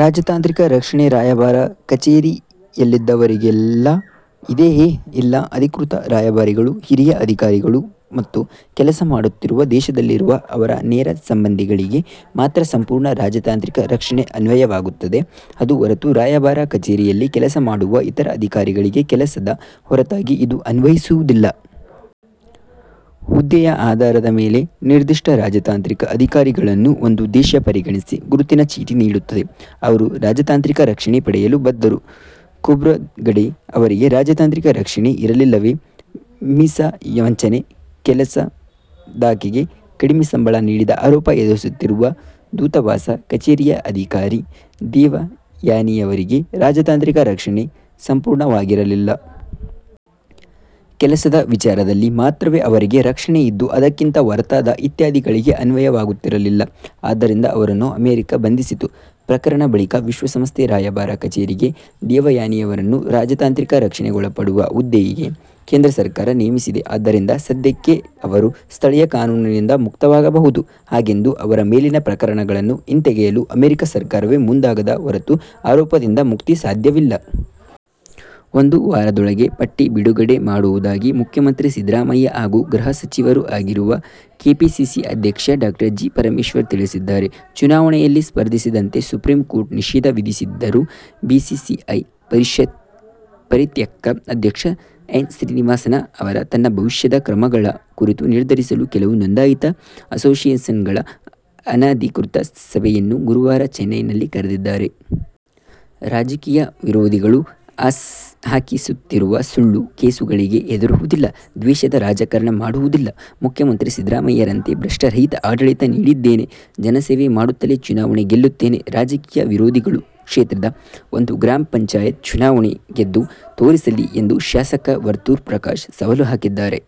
ರಾಜತಾಂತ್ರಿಕ ರಕ್ಷಣೆ ರಾಯಭಾರ ಕಚೇರಿಯಲ್ಲಿದ್ದವರಿಗೆಲ್ಲ ಇದೆಯೇ? ಇಲ್ಲ. ಅಧಿಕೃತ ರಾಯಭಾರಿಗಳು, ಹಿರಿಯ ಅಧಿಕಾರಿಗಳು ಮತ್ತು ಕೆಲಸ ಮಾಡುತ್ತಿರುವ ದೇಶದಲ್ಲಿರುವ ಅವರ ನೇರ ಸಂಬಂಧಿಗಳಿಗೆ ಮಾತ್ರ ಸಂಪೂರ್ಣ ರಾಜತಾಂತ್ರಿಕ ರಕ್ಷಣೆ ಅನ್ವಯವಾಗುತ್ತದೆ. ಅದು ಹೊರತು ರಾಯಭಾರ ಕಚೇರಿಯಲ್ಲಿ ಕೆಲಸ ಮಾಡುವ ಇತರ ಅಧಿಕಾರಿಗಳಿಗೆ ಕೆಲಸದ ಹೊರತಾಗಿ ಇದು ಅನ್ವಯಿಸುವುದಿಲ್ಲ. ಹುದ್ದೆಯ ಆಧಾರದ ಮೇಲೆ ನಿರ್ದಿಷ್ಟ ರಾಜತಾಂತ್ರಿಕ ಅಧಿಕಾರಿಗಳನ್ನು ಒಂದು ದೇಶ ಪರಿಗಣಿಸಿ ಗುರುತಿನ ಚೀಟಿ ನೀಡುತ್ತದೆ. ಅವರು ರಾಜತಾಂತ್ರಿಕ ರಕ್ಷಣೆ ಪಡೆಯಲು ಬದ್ಧರು. ಖೋಬ್ರಗಡೆ ಅವರಿಗೆ ರಾಜತಾಂತ್ರಿಕ ರಕ್ಷಣೆ ಇರಲಿಲ್ಲವೇ? ವೀಸಾ ವಂಚನೆ. ಕೆಲಸದಾಕೆಗೆ ಕಡಿಮೆ ಸಂಬಳ ನೀಡಿದ ಆರೋಪ ಎದುರಿಸುತ್ತಿರುವ ದೂತವಾಸ ಕಚೇರಿಯ ಅಧಿಕಾರಿ ದೇವಯಾನಿಯವರಿಗೆ ರಾಜತಾಂತ್ರಿಕ ರಕ್ಷಣೆ ಸಂಪೂರ್ಣವಾಗಿರಲಿಲ್ಲ. ಕೆಲಸದ ವಿಚಾರದಲ್ಲಿ ಮಾತ್ರವೇ ಅವರಿಗೆ ರಕ್ಷಣೆ ಇದ್ದು, ಅದಕ್ಕಿಂತ ಹೊರತಾದ ಇತ್ಯಾದಿಗಳಿಗೆ ಅನ್ವಯವಾಗುತ್ತಿರಲಿಲ್ಲ. ಆದ್ದರಿಂದಲೇ ಅವರನ್ನು ಅಮೆರಿಕ ಬಂಧಿಸಿತು. ಪ್ರಕರಣದ ಬಳಿಕ ವಿಶ್ವಸಂಸ್ಥೆ ರಾಯಭಾರ ಕಚೇರಿಗೆ ದೇವಯಾನಿಯವರನ್ನು ರಾಜತಾಂತ್ರಿಕ ರಕ್ಷಣೆಗೊಳಪಡುವ ಹುದ್ದೆಗೆ ಕೇಂದ್ರ ಸರ್ಕಾರ ನೇಮಿಸಿದೆ. ಆದ್ದರಿಂದ ಸದ್ಯಕ್ಕೆ ಅವರು ಸ್ಥಳೀಯ ಕಾನೂನಿಂದ ಮುಕ್ತವಾಗಬಹುದು. ಹಾಗೆಂದು ಅವರ ಮೇಲಿನ ಪ್ರಕರಣಗಳನ್ನು ಹಿಂತೆಗೆಯಲು ಅಮೆರಿಕ ಸರ್ಕಾರವೇ ಮುಂದಾಗದ ಹೊರತು ಆರೋಪದಿಂದ ಮುಕ್ತಿ ಸಾಧ್ಯವಿಲ್ಲ. ಒಂದು ವಾರದೊಳಗೆ ಪಟ್ಟಿ ಬಿಡುಗಡೆ ಮಾಡುವುದಾಗಿ ಮುಖ್ಯಮಂತ್ರಿ ಸಿದ್ದರಾಮಯ್ಯ ಹಾಗೂ ಗೃಹ ಸಚಿವರೂ ಆಗಿರುವ ಕೆಪಿಸಿಸಿ ಅಧ್ಯಕ್ಷ ಡಾ ಜಿ. ಪರಮೇಶ್ವರ್ ತಿಳಿಸಿದ್ದಾರೆ. ಚುನಾವಣೆಯಲ್ಲಿ ಸ್ಪರ್ಧಿಸದಂತೆ ಸುಪ್ರೀಂ ಕೋರ್ಟ್ ನಿಷೇಧ ವಿಧಿಸಿದ್ದರೂ ಬಿಸಿಸಿಐಯ ಪರಿತ್ಯಕ್ತ ಅಧ್ಯಕ್ಷ ಎನ್. ಶ್ರೀನಿವಾಸನ್ ಅವರು ತನ್ನ ಭವಿಷ್ಯದ ಕ್ರಮಗಳ ಕುರಿತು ನಿರ್ಧರಿಸಲು ಕೆಲವು ನೋಂದಾಯಿತ ಅಸೋಸಿಯೇಶನ್ಗಳ ಅನಧಿಕೃತ ಸಭೆಯನ್ನು ಗುರುವಾರ ಚೆನ್ನೈಯಲ್ಲಿ ಕರೆದಿದ್ದಾರೆ. ರಾಜಕೀಯ ವಿರೋಧಿಗಳು ಹಾಕಿಸುತ್ತಿರುವ ಸುಳ್ಳು ಕೇಸುಗಳಿಗೆ ಹೆದರುವುದಿಲ್ಲ. ದ್ವೇಷದ ರಾಜಕಾರಣ ಮಾಡುವುದಿಲ್ಲ. ಮುಖ್ಯಮಂತ್ರಿ ಸಿದ್ದರಾಮಯ್ಯರಂತೆ ಭ್ರಷ್ಟರಹಿತ ಆಡಳಿತ ನೀಡಿದ್ದೇನೆ. ಜನಸೇವೆ ಮಾಡುತ್ತಲೇ ಚುನಾವಣೆ ಗೆಲ್ಲುತ್ತೇನೆ. ರಾಜಕೀಯ ವಿರೋಧಿಗಳು ಕ್ಷೇತ್ರದ ಒಂದು ಗ್ರಾಮ ಪಂಚಾಯತ್ ಚುನಾವಣೆ ಗೆದ್ದು ತೋರಿಸಲಿ ಎಂದು ಶಾಸಕ ವರ್ತೂರು ಪ್ರಕಾಶ್ ಸವಾಲು ಹಾಕಿದ್ದಾರೆ.